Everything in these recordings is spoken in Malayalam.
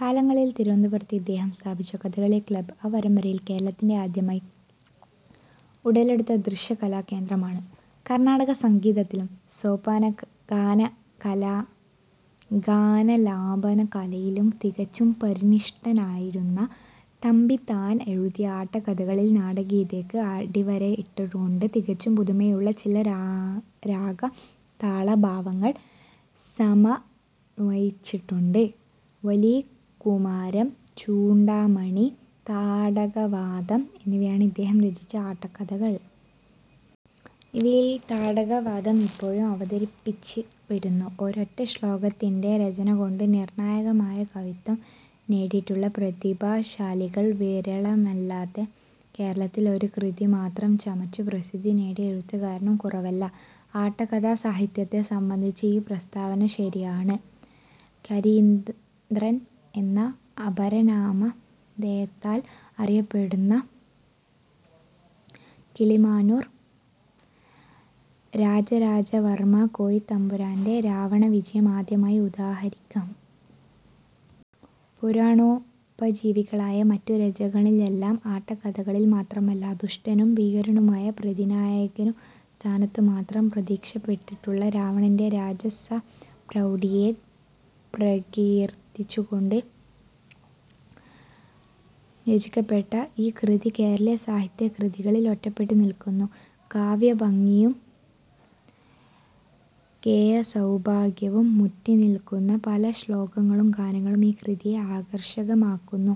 കാലങ്ങളിൽ തിരുവനന്തപുരത്ത് ഇദ്ദേഹം സ്ഥാപിച്ച കഥകളി ക്ലബ് ആ പരമ്പരയിൽ കേരളത്തിൽ ആദ്യമായി ഉടലെടുത്ത ദൃശ്യകലാകേന്ദ്രമാണ്. കർണാടക സംഗീതത്തിലും സോപാനഗാനാലാപനകലയിലും തികച്ചും പരിനിഷ്ഠനായിരുന്ന തമ്പി താൻ എഴുതിയ ആട്ടക്കഥകളിൽ നാടകീയതയ്ക്ക് അടിവരയിട്ടുകൊണ്ട് തികച്ചും പുതുമയുള്ള ചില രാഗതാളഭാവങ്ങൾ സമന്വയിച്ചിട്ടുണ്ട്. വല്ലീകുമാരം, ചൂഡാമണി, താടകാവാധം എന്നിവയാണ് ഇദ്ദേഹം രചിച്ച ആട്ടക്കഥകൾ. ഇവയിൽ താടകാവധം ഇപ്പോഴും അവതരിപ്പിച്ചുവരുന്നു. ഒരൊറ്റ ശ്ലോകത്തിന്റെ രചനകൊണ്ട് നിർണായകമായ കവിത്വം നേടിയിട്ടുള്ള പ്രതിഭാശാലികൾ വിരളമല്ലാത്ത കേരളത്തിൽ ഒരു കൃതിമാത്രം ചമച്ച് പ്രസിദ്ധി നേടിയ എഴുത്തുകാരനും കുറവല്ല. ആട്ടക്കഥാസാഹിത്യത്തെ സംബന്ധിച്ചും ഈ പ്രസ്താവന ശരിയാണ്. 'കരീന്ദ്രൻ' എന്ന അപരനാമധേയത്താൽ അറിയപ്പെടുന്ന കിളിമാനൂർ രാജരാജവർമകോയിത്തമ്പുരാന്റെ രാവണവിജയം ആദ്യമായി ഉദാഹരിക്കാം. പുരാണോപജീവികളായ മറ്റു രചകളിലെല്ലാം-ആട്ടക്കഥകളിൽ മാത്രമല്ല-ദുഷ്ടനും ഭീകരനുമായി പ്രതിനായകസ്ഥാനത്തുമാത്രം പ്രത്യക്ഷപ്പെട്ടിട്ടുള്ള രാവണന്റെ രാജസപ്രൗഢിയെ പ്രകീർത്തിച്ചുകൊണ്ട് രചിക്കപ്പെട്ട ഈ കൃതി കേരളീയ സാഹിത്യകൃതികളിൽ ഒറ്റപ്പെട്ടു നില്ക്കുന്നു. കാവ്യഭംഗിയും ഗേയസൗഭാഗ്യവും മുറ്റിനില്ക്കുന്ന പല ശ്ലോകങ്ങളും ഗാനങ്ങളും ഈ കൃതിയെ ആകർഷകമാക്കുന്നു.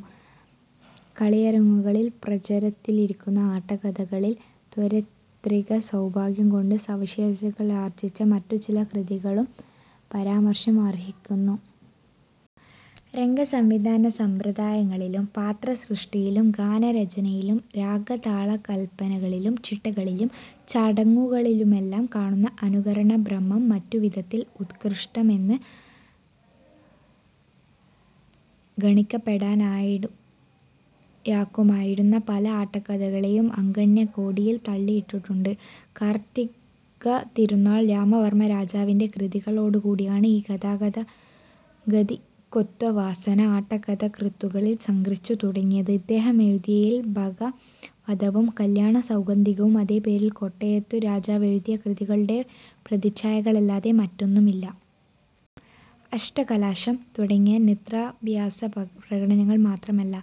കളിയരങ്ങുകളിൽ പ്രചാരത്തിലിരിക്കുന്ന ആട്ടക്കഥകളിൽ തൗര്യത്രികസൗഭാഗ്യംകൊണ്ട് സവിശേഷതകളാർജിച്ച മറ്റു ചില കൃതികളും പരാമർശം അർഹിക്കുന്നു. രംഗസംവിധാനസമ്പ്രദായങ്ങളിലും പാത്രസൃഷ്ടിയിലും ഗാനരചനയിലും രാഗതാളകല്പനകളിലും ചിട്ടകളിലും ചടങ്ങുകളിലുമെല്ലാം കാണുന്ന അനുകരണഭ്രമം മറ്റുവിധത്തിൽ ഉത്കൃഷ്ടമെന്ന് ഗണിക്കപ്പെടാനിടയാകുമായിരുന്ന പല ആട്ടക്കഥകളെയും അഗണ്യകോടിയിൽ തള്ളിയിട്ടുണ്ട്. കാർത്തികതിരുനാൾ രാമവർമ രാജാവിന്റെ കൃതികളോടുകൂടിയാണ് ഈ ഗതാനുഗതികത്വവാസന ആട്ടക്കഥാകൃത്തുകളിൽ സംക്രമിച്ചു തുടങ്ങിയത്. ഇദ്ദേഹമെഴുതിയതിൽ ബകവധവും കല്യാണസൗഗന്ധികവും അതേപേരിൽ കോട്ടയത്തു രാജാവെഴുതിയ കൃതികളുടെ പ്രതിച്ഛായകളല്ലാതെ മറ്റൊന്നുമില്ല. അഷ്ടകലാശം തുടങ്ങിയ നൃത്താഭ്യാസപ്രകടനങ്ങൾ മാത്രമല്ല,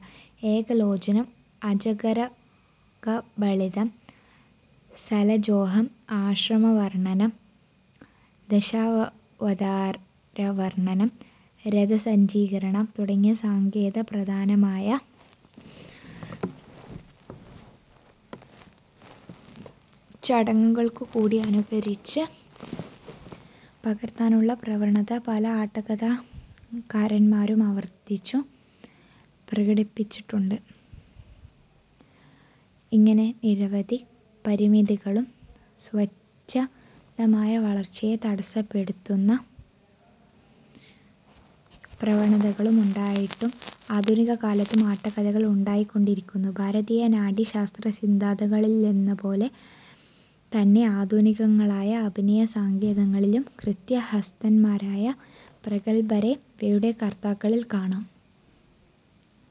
'ഏകലോചനം', 'അജഗരകബളിതം', 'സലജ്ജോഹം', ആശ്രമവർണനം, ദശാവതാരവർണനം, രഥസജ്ജീകരണം തുടങ്ങിയ സങ്കേതപ്രധാനമായ ചടങ്ങുകൾക്കുകൂടി അനുകരിച്ച് പകർത്താനുള്ള പ്രവണത പല ആട്ടക്കഥാകാരൻമാരും ആവർത്തിച്ചു പ്രകടിപ്പിച്ചിട്ടുണ്ട്. ഇങ്ങനെ നിരവധി പരിമിതികളും സ്വച്ഛന്ദമായ വളർച്ചയെ തടസ്സപ്പെടുത്തുന്ന പ്രവണതകളും ഉണ്ടായിട്ടും, ആധുനികകാലത്തും ആട്ടക്കഥകൾ ഉണ്ടായിക്കൊണ്ടിരിക്കുന്നു. ഭാരതീയ നാട്യശാസ്ത്രസിദ്ധാന്തങ്ങളിലെന്നപോലെതന്നെ ആധുനികങ്ങളായ അഭിനയസങ്കേതങ്ങളിലും കൃതഹസ്തൻമാരായ പ്രഗല്ഭരെ ഇവയുടെ കർത്താക്കളിൽ കാണാം.